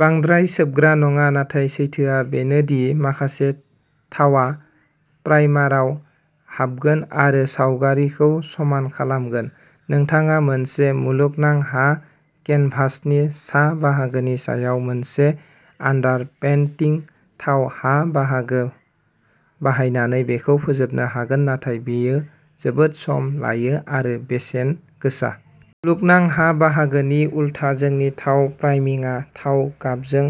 बांद्राय सोबग्रा नङा नाथाय सैथोआ बेनो दि माखासे थावआ प्राइमारआव हाबगोन आरो सावगारिखौ समान खालामगोन। नोंथाङा मोनसे मुलुगनां हा केनभासनि सा बाहागोनि सायाव मोनसे आन्डारपेन्टिं थाव हा बाहागो बाहायनानै बेखौ फोजोबनो हागोन नाथाय बेयो जोबोद सम लायो आरो बेसेन गोसा। मुलुगनां हा बाहागोनि उलथा जोंनि थाव प्राइमिंगआ थाव गाबजों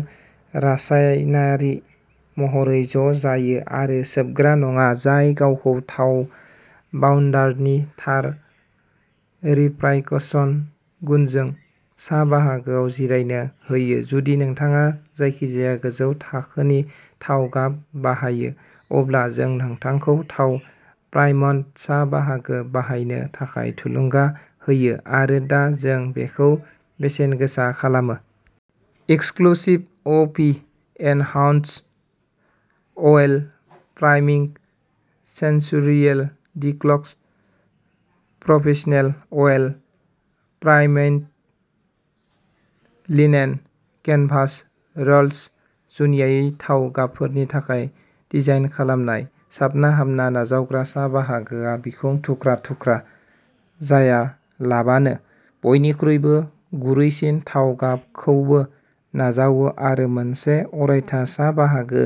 रासायनारि महरै ज' जायो आरो सोबग्रा नङा, जाय गावखौ थाव बावन्डारनि थार रिफ्राकसन गुनजों सा बाहागोआव जिरायनो होयो। जुदि नोंथाङा जायखिजाया गोजौ थाखोनि थाव गाब बाहायो, अब्ला जों नोंथांखौ थाव प्राइम्ड सा बाहागो बाहायनो थाखाय थुलुंगा होयो आरो दा जों बेखौ बेसेनगोसा खालामो। एक्सक्लुसिभ अ P enhanced oil priming. Centurion deluxe professional oil primed linen canvas rolls, जुनियायै थाव गाबफोरनि थाखाय डिजाइन खालामनाय। साबना-हामना नाजावग्रा सा बाहागोआ बिखंआव थुख्रा-थुख्रा जायालाबानो बयनिख्रुइ गुरैसिन थाव गाबखौबो नाजावो आरो मोनसे अरायथा सा बाहागो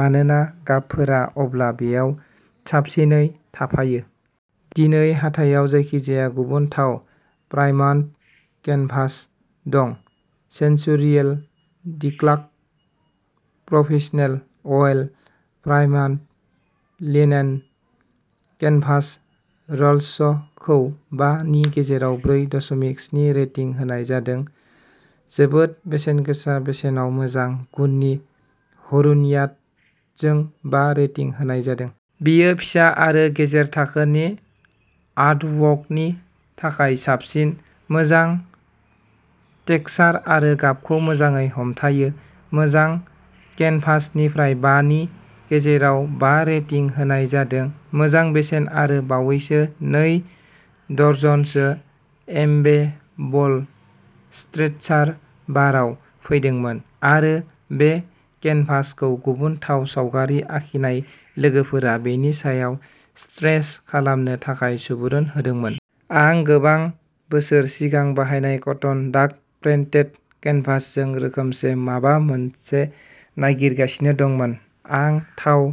मानोना गाबफोरा अब्ला बेयाव साबसिनै थाफायो। दिनै हाथायाव जायखिजाया गुबुन थाव प्राइम्ड केनभास दं Centurion deluxe professional oil primed linen canvas rolls खौ बा नि गेजेराव ब्रै दसमिक स्नि रेटिं होनाय जादों। जोबोद बेसेनगोसा बेसेनाव मोजां गुननि हुरुनियाटजों बा रेटिं होनाय जादों। बेयो फिसा आरो गेजेर थाखोनि आटवकनि थाखाय साबसिन। मोजां टेक्सचार आरो गाबखौ मोजाङै हमथायो। मोजां केनभासनिफ्राय बा नि गेजेराव बा रेटिं होनाय जादों, मोजां बेसेन आं बावैसो नै डरजनसो एबेबल स्ट्रेचार बारआव फैदोंमोन, आरो बे केनभासखौ गुबुन थाव सावगारि आखिनाय लोगोफोरा बेनि सायाव स्ट्रेच खालामनो थाखाय सुबुरुन होदोंमोन। आं गोबां बोसोर सिगां बाहायनाय कटन डाक प्रेनटेट केनभासजों रोखोमसे माबा मोनसे नागिरगासिनो दंमोन। आं थाव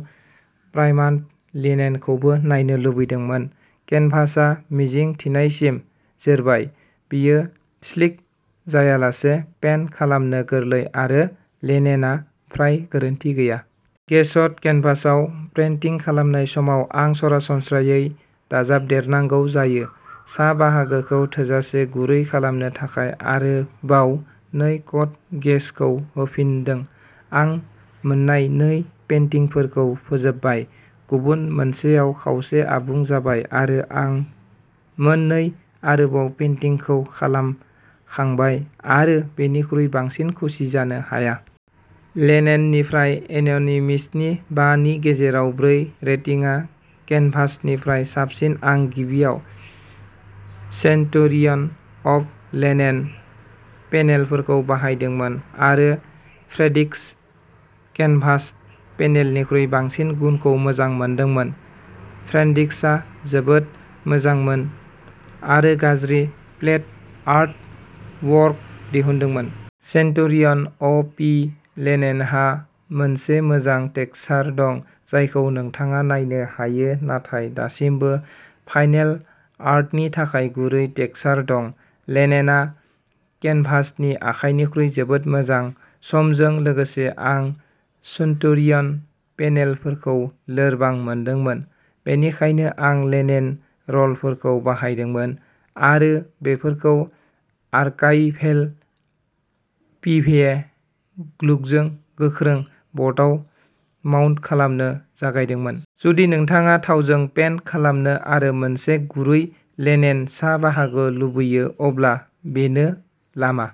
प्राइम्ड लिनेनखौबो नायनो लुबैदोंमोन। केनभासआ मिजिं थिनायसिम जोरबाय, बेयो स्लिक जायालासे पेन्ट खालामनो गोरलै, आरो लिनेनआ फ्राय गोरोन्थि गैया। गेसड केनभासआव पेन्टिं खालामनाय समाव, आं सरासनस्रायै दाजाबदेरनांगौ जायो। सा बाहागोखौ थोजासे गुरै खालामनो थाखाय आरोबाव नै कट गेसखौ होफिनदों। आं मोननाय नै पेन्टिंफोरखौ फोजोबबाय, गुबुन मोनसेआ खावसे आबुं जाबाय, आरो आं मोन नै आरोबाव पेन्टिंखौ खालामखांबाय, आरो बेनिख्रुइ बांसिन खुसि जानो हाया। लिनेननिफ्राय एन'निमिसनि बा नि गेजेराव ब्रै रेटिंआ केनभासनिफ्राइ साबसिन आं गिबियाव सेन्टुरियन अप लिनेन पेनेलफोरखौ बायदोंमोन आरो फ्रेड्रिक्स केनभास पेनेलनिख्रुइ बांसिन गुनखौ मोजां मोनदोंमोन। फ्रेड्रिक्सआ जोबोद मोजांमोन आरो गाज्रि फ्लेट आर्ट वर्क दिहुनदोंमोन। सेन्टुरियन अ पि लिनेनहा मोनसे मोजां टेक्सचार दं जायखौ नोंथाङा नायनो हायो नाथाय दासिमबो फाइन आर्टनि थाखाय गुरै टेक्सचार दं। लिनेनआ केनभासनि आखाइनिख्रुइ जोबोद मोजां। समजों लोगोसे आं सेन्टुरियन पेनेलफोरखौ लोरबां मोनदोंमोन बेनिखायनो आं लिनेन र'लफोरखौ बायदोंमोन आरो बेफोरखौ आर्काइभेल पिभिए ग्लुजों गोख्रों बर्डआव माउन्ट खालामनो जागायदोंमोन। जुदि नोंथाङा थावजों पेन्ट खालामो आरो मोनसे गुरै लिनेन सा बाहागो लुबैयो अब्ला बेनो लामा।